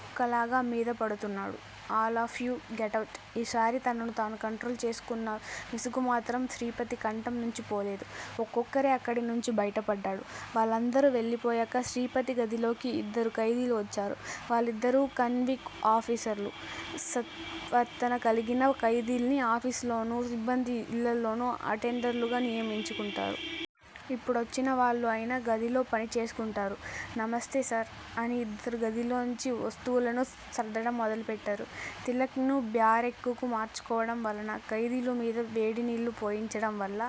కుక్కలాగా మీద పడుతున్నాడు. All of you get out ఈసారి తనను తాను కంట్రోల్ చేసుకున్న విసుగు మాత్రం శ్రీపతి కంఠం నుంచి పోలేదు. ఒక్కొక్కరే అక్కడినుంచి బయటపడ్డారు. వాళ్ళందరూ వెళ్ళిపోయాక శ్రీపతి గదిలోకి ఇద్దరు ఖైదీలు వచ్చారు. వాళ్ళిద్దరూ కన్విక్ ఆఫీసర్లు. సత్ప్రవర్తన కలిగిన ఖైదీల్ని ఆఫీసుల్లోనూ, సిబ్బంది ఇళ్ళలోనూ అటెండర్లు గా నియమించుకుంటారు. ఇప్పుడొచ్చిన వాళ్ళు ఆయన గదిలో పని చేసుకొంటారు. నమస్తే సార్ అని ఇద్దరూ గదిలోంచి వస్తువులను సర్దడం మొదలుపెట్టారు. తిలక్ ను బ్యారెక్కుకు మార్చుకోవడం వలన, ఖైదీలను మీద వేడినీళ్ళు పోయించడం వల్ల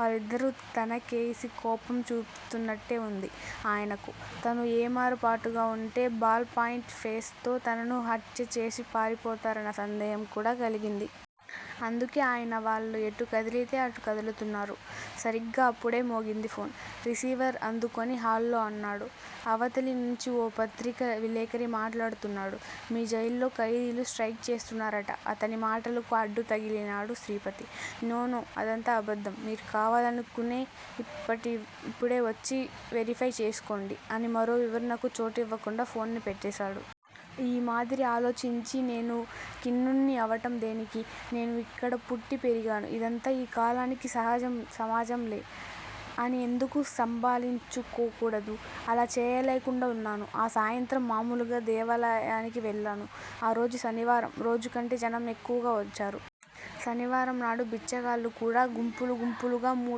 వాళ్ళిద్దరూ తనకేసి కోపంగా చూపిస్తున్నట్టే వుంది. ఆయనకు. తను ఏమరపాటుగా వుంటే బాల్ పాయింట్ పేస్ తో తనను హత్యచేసి పారిపోతారన్న సందేహం కూడా కలిగింది. అందుకే ఆయన వాళ్ళు ఎటు కదిలితే అటు కదులుతున్నారు. సరిగ్గా అప్పుడే మోగింది ఫోన్. రిసీవర్ అందుకుని హాల్లో అన్నాడు. అవతలి నుంచి ఓ పత్రికా విలేఖరి మాట్లాడుతున్నాడు మీ జైల్లో ఖైదీలు స్ట్రయిక్ చేస్తున్నారట అతని మాటలకు అడ్డు తగిలినాడు శ్రీపతి. నో నో అదంతా అబద్ధం మీరు కావాలనుకునే ఇప్పటి ఇప్పుడే వచ్చి వెరిఫై చేసుకోండి అని మరో వివరణకు చోటివ్వకుండా ఫోన్ ని పెట్టేశాడు. ఈ మాదిరి ఆలోచించి నేను ఖిన్నున్ని అవటం దేనికి? నేను ఇక్కడ పుట్టి పెరిగాను. ఇదంతా ఈ కాలానికి సహజం సమాజంలే, అని ఎందుకు సంభాళించుకో కూడదు? అలా చేయలేకుండా వున్నాను. ఆ సాయంత్రం మామూలుగా దేవాలయానికి వెళ్ళాను. ఆ రోజు శనివారం రోజుకంటే జనం ఎక్కువగా వచ్చారు. శనివారం నాడు బిచ్చగాళ్ళు కూడా గుంపులు గుంపులుగా, ము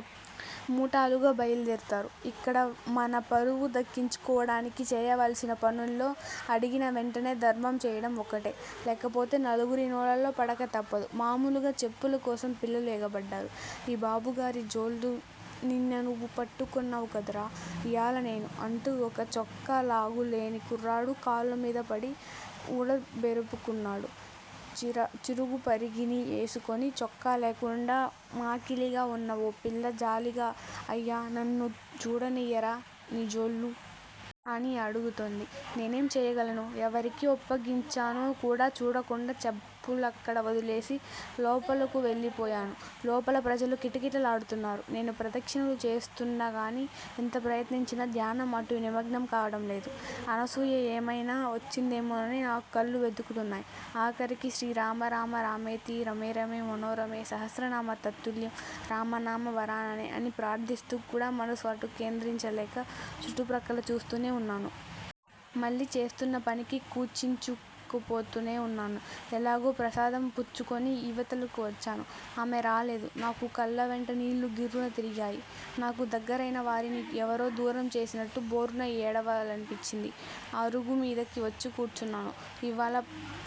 మూఠాలుగా బయల్దేరతారు. యిక్కడ మన పరువు దక్కించుకోవడానికి చేయవలసిన పనుల్లో అడిగిన వెంటనే ధర్మం చేయడం ఒక్కటే. లేకపోతే నలుగురి నోళ్లలో పడక తప్పదు. మామూలుగా చెప్పుల కోసం పిల్లలు ఎగబడ్డారు. 'ఈ బాబుగారి జోళ్ళు నిన్న నువ్వు పట్టుకొన్నావు కదురా, ఇయాల నేను' అంటూ ఒక చొక్కా లాగు లేని కుర్రాడు కాళ్ళమీదపడి వూడబెరుకుకున్నాడు చిర చిరుగు పరికిణీ వేసుకుని చొక్కాలేకుండా మాకిలిగా వున్న ఓ పిల్ల జాలిగా 'అయ్యా, నన్ను చూడనియ్యరా నీ జోళ్ళు? ' అని అడుగుతోంది. నేనేం చేయగలను? ఎవరికి ఒప్పగించానో కూడా చూడకుండా చెప్పులక్కడ వదిలేసి లోపలకు వెళ్ళి పోయాను. లోపల ప్రజలు కిటకిటలాడుతున్నారు. నేను ప్రదక్షిణలు చేస్తున్నాగాని ఎంత ప్రయత్నించినా ధ్యానం అటు నిమగ్నం కావడంలేదు. అనసూయ యేమైనా వచ్చిందేమోనని నా కళ్ళు వెతుకుతున్నాయి. ఆఖరికి 'శ్రీ రామ రామ రామేతి రమే రమే మనోరమే సహస్రనామ తత్తుల్యం రామ నామ వరాననే' అని ప్రార్ధిస్తూ కూడా మనసు అటు కేంద్రీంచలేక చుట్టు ప్రక్కల చూస్తూనే వున్నాను. మళ్ళీ చేస్తున్నపనికి కుచించుకుపోతూనే వున్నాను. ఎలాగో ప్రసాదం పుచ్చుకొని ఇవతలకు వచ్చాను. ఆమె రాలేదు. నాకు కళ్ళవెంట నీళ్ళు గిర్రున తిరిగాయి. నాకు దగ్గరైన వారిని ఎవరో దూరం చేసినట్లు భోరున ఏడవాలనిపిచ్చింది. అరుగు మీదకి వచ్చి కూర్చున్నాను. ఇవ్వాళ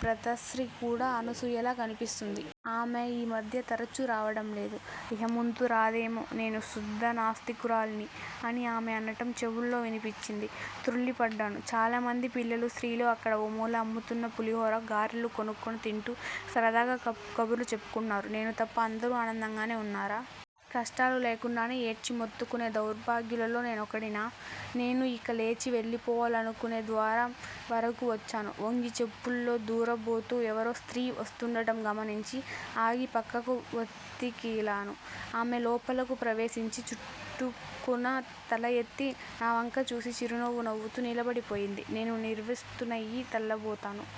ప్రతశ్రీ కూడ అనసూయలా కన్పిస్తుంది. ఆమె ఈ మధ్య తరచు రావడంలేదు, ఇహ ముందు రాదేమో నేను శుద్ద నాస్తికురాలిని అని ఆమె అనటం చెవుల్లో వినిపిచ్చింది త్రుళ్ళి పడ్డాను. చాలామంది పిల్లలు, స్త్రీలు అక్కడ ఓ మూల అమ్ముతున్న పులిహోర, గారెలు కొనుక్కొని తింటూ సరదాగా క కబుర్లు చెప్పుకొంటున్నారు. నేను తప్ప అందరూ ఆనందంగానే వున్నారా? కష్టాలు లేకుండానే ఏడ్చి మొత్తుకొనే దౌర్భాగ్యులలో నేనొకడినా? నేను యిక లేచి వెళ్ళిపోవాలనుకొనే ద్వారం వరకూ వచ్చాను. ఒంగి చెప్పుల్లో దూర బోతూ ఎవరో స్త్రీ వస్తూండడం గమనించి ఆగి ప్రక్కకు వత్తిగిలాను. ఆమె లోపలకు ప్రవేశించి చుటుక్కున తలయెత్తి నావంక చూసి చిరునవ్వు నవ్వుతూ నిలబడిపోయింది. నేను నిర్విస్తున్నయి తెల్లబోతాను